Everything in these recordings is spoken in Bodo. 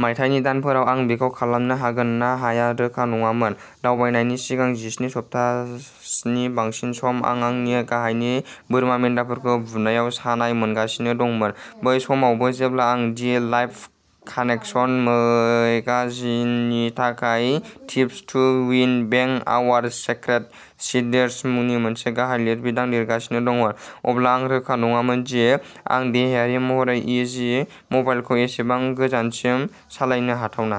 मायथाइनि दानफोराव आं बेखौ खालामनो हागोन ना हाया रोखा नङामोन। दावबायनायनि सिगां जिस्नि सप्ताहनि बांसिन सम आं आंनि गाहायनि बोरमा मेन्दाफोरखौ बुनायाव सानाय मोनगासिनो दंमोन। बै समावबो, जेब्ला आं दि लाइफ कानेकसन मेगाजिननि थाखाय tips to win back our sacred seeds मुंनि मोनसे गाहाय लिरबिदां लिरगासिनो दंमोन, अब्ला आं रोखा नङामोन दि आं देहायारि महरै इ जि मबाइलखौ एसेबां गोजानसिम सालायनो हाथावना।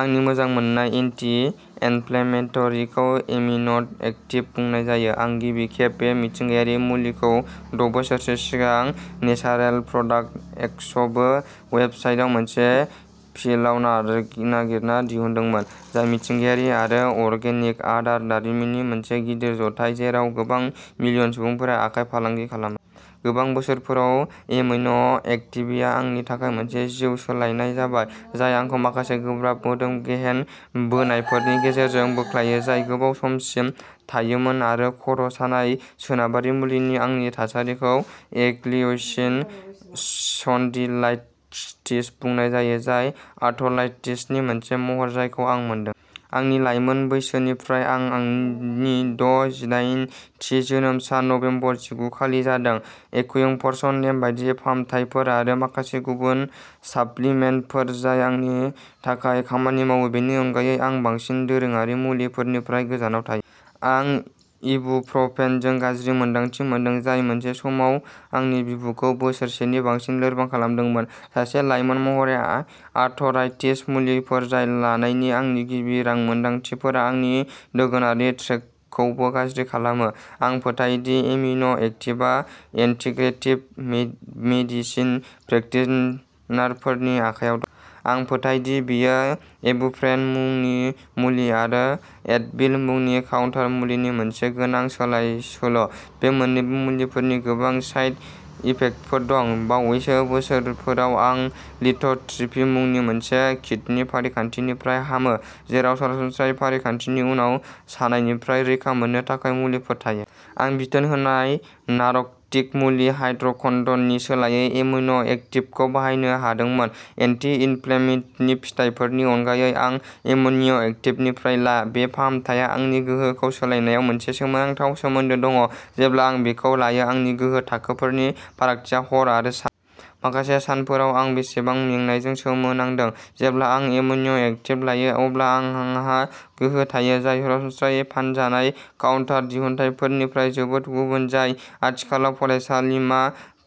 आंनि मोजां मोननाय एन्टि-इनफ्लेमेटरिखौ एमिन' एक्टिभ बुंनाय जायो। आं गिबि खेब बे मिथिंगायारि मुलिखौ द' बोसोरसो सिगां नेसारेल प्रडाक्ट एक्सपो वेस्टआव मोनसे पिलआव नाय नागिरना दिहुनदोंमोन, जाय मिथिंगायारि आरो अर्गेनिक आदार दारिमिननि मोनसे गिदिर ज'थाय जेराव गोबां-मिलियन सुबुंफोरा आखाइ फालांगि खालामो। गोबां बोसोरफोराव, एमिन' एक्टिभआ आंनि थाखाय मोनसे जिउ सोलायनाय जाबाय, जाय आंखौ माखासे गोब्राब मोदोम-गेहेन बोनायफोरनि गेजेरजों बोख्लायो जाय गोबाव समसिम थायोमोन आरो खर' सानाय। सोनाबारि मुलिनि आंनि थासारिखौ एंग्लिय'सिन स्पन्डिलाइटिस बुंनाय जायो, जाय आर्थराइटिसनि मोनसे महर जायखौ आं मोनदों। आंनि लाइमोन बैसोनिफ्राय। आं आंनि द' जिदायेन थि जोनोम सान नबेम्बर जिगु खालि जादों। एक्युपंक्चरनि नेमबादि फाहामथायफोर आरो माखासे गुबुन साप्लिमेन्टफोर जाय आंनि थाखाय खामानि मावो, बेनि अनगायै, आं बांसिन दोरोङारि मुलिफोरनिफ्राय गोजानाव थायो। आं इबुप्रफेनजों गाज्रि मोन्दांथि मोनदों, जाय मोनसे समाव आंनि बिबुखौ बोसोरसेनि बांसिन लोरबां खालामदोंमोन। सासे लाइमोन महरै आर्थराइटिस मुलिफोर लानायनि आंनि गिबि रोंमोनदांथिफोरा आंनि दोगोनारि ट्रेकखौबो गाज्रि खालामो। आं फोथायो दि एमिन' एक्टिभआ इन्टिग्रेटिभ मे-मेडिसिन प्रेकटिशनारफोरनि आखायाव दं। आं फोथायो दि बेयो इबुप्रफेन मुंनि मुलि आरो एडभिल मुंनि काउन्टार मुलिनि मोनसे गोनां सोलायसोल'। बे मोन्नैबो मुलिफोरनि गोबां साइड इफेक्टफोर दं। बावैसो बोसोरफोराव आं लिथ'ट्रिप्सी मुंनि मोनसे किडनि फारिखान्थिनिफ्राय हामो, जेराव सरासनस्रायै फारिखान्थिनि उनाव सानायनिफ्राय रैखा मोननो थाखाय मुलिफोर थायो। आं बिथोन होनाय नारक'टिक मुलि हाइड्र'क'डननि सोलायै एमिन' एक्टिभखौ बाहायनो हादोंमोन। एन्टि-इनफ्लेमेटरि फिथायफोरनि अनगायै आं एमिन' एक्टिभनिफ्राय ला, बे फाहामथाया आंनि गोहोखौ सोलायनायाव मोनसे सोमोनांथाव सोमोन्दो दङ। जेब्ला आं बेखौ लायो, आंनि गोहो थाखोफोरनि फारागथिया हर आरो सा। माखासे सानफोराव, आं बेसेबां मेंनायजों सोमोनांदों। जेब्ला आं एमिन' एक्टिभ लायो, अब्ला आंहा गोहो थायो, जाय सरासनस्रायै फानजानाय काउन्टार दिहुनथायफोरनिफ्राय जोबोद गुबुन, जाय आथिखालाव फरायसालिमा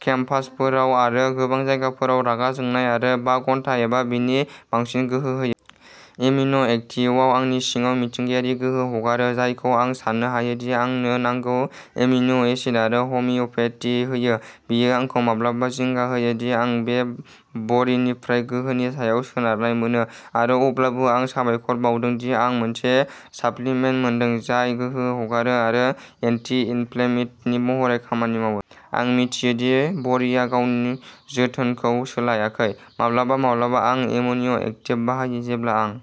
केम्पासफोराव आरो गोबां जायगाफोराव रागा जोंनाय आरो बा घन्टा एबा बेनि बांसिन गोहो होयो। एमिन' एक्टिवआ आंनि सिङाव मिथिंगायारि गोहो हगारो, जायखौ आं साननो हायो दि आंनो नांगौ एमिन' एसिड आरो हमिय'पेथि होयो। बेयो आंखौ माब्लाबा जिंगा होयो दि आं बे बरिनिफ्राय गोहोनि सायाव सोनारनाय मोनो, आरो अब्लाबो आं साबायखर बावदों दि आं मोनसे साप्लिमेन्ट मोनदों जाय गोहो हगारो आरो एन्टि-इनफ्लेमेटरि महरै खामानि मावो। आं मिथियो दि बरिआ गाव जोथोनखौ सोलायाखै। माब्लाबा माब्लाबा आं एमिन'एक्टिभ बाहायो जेब्ला आं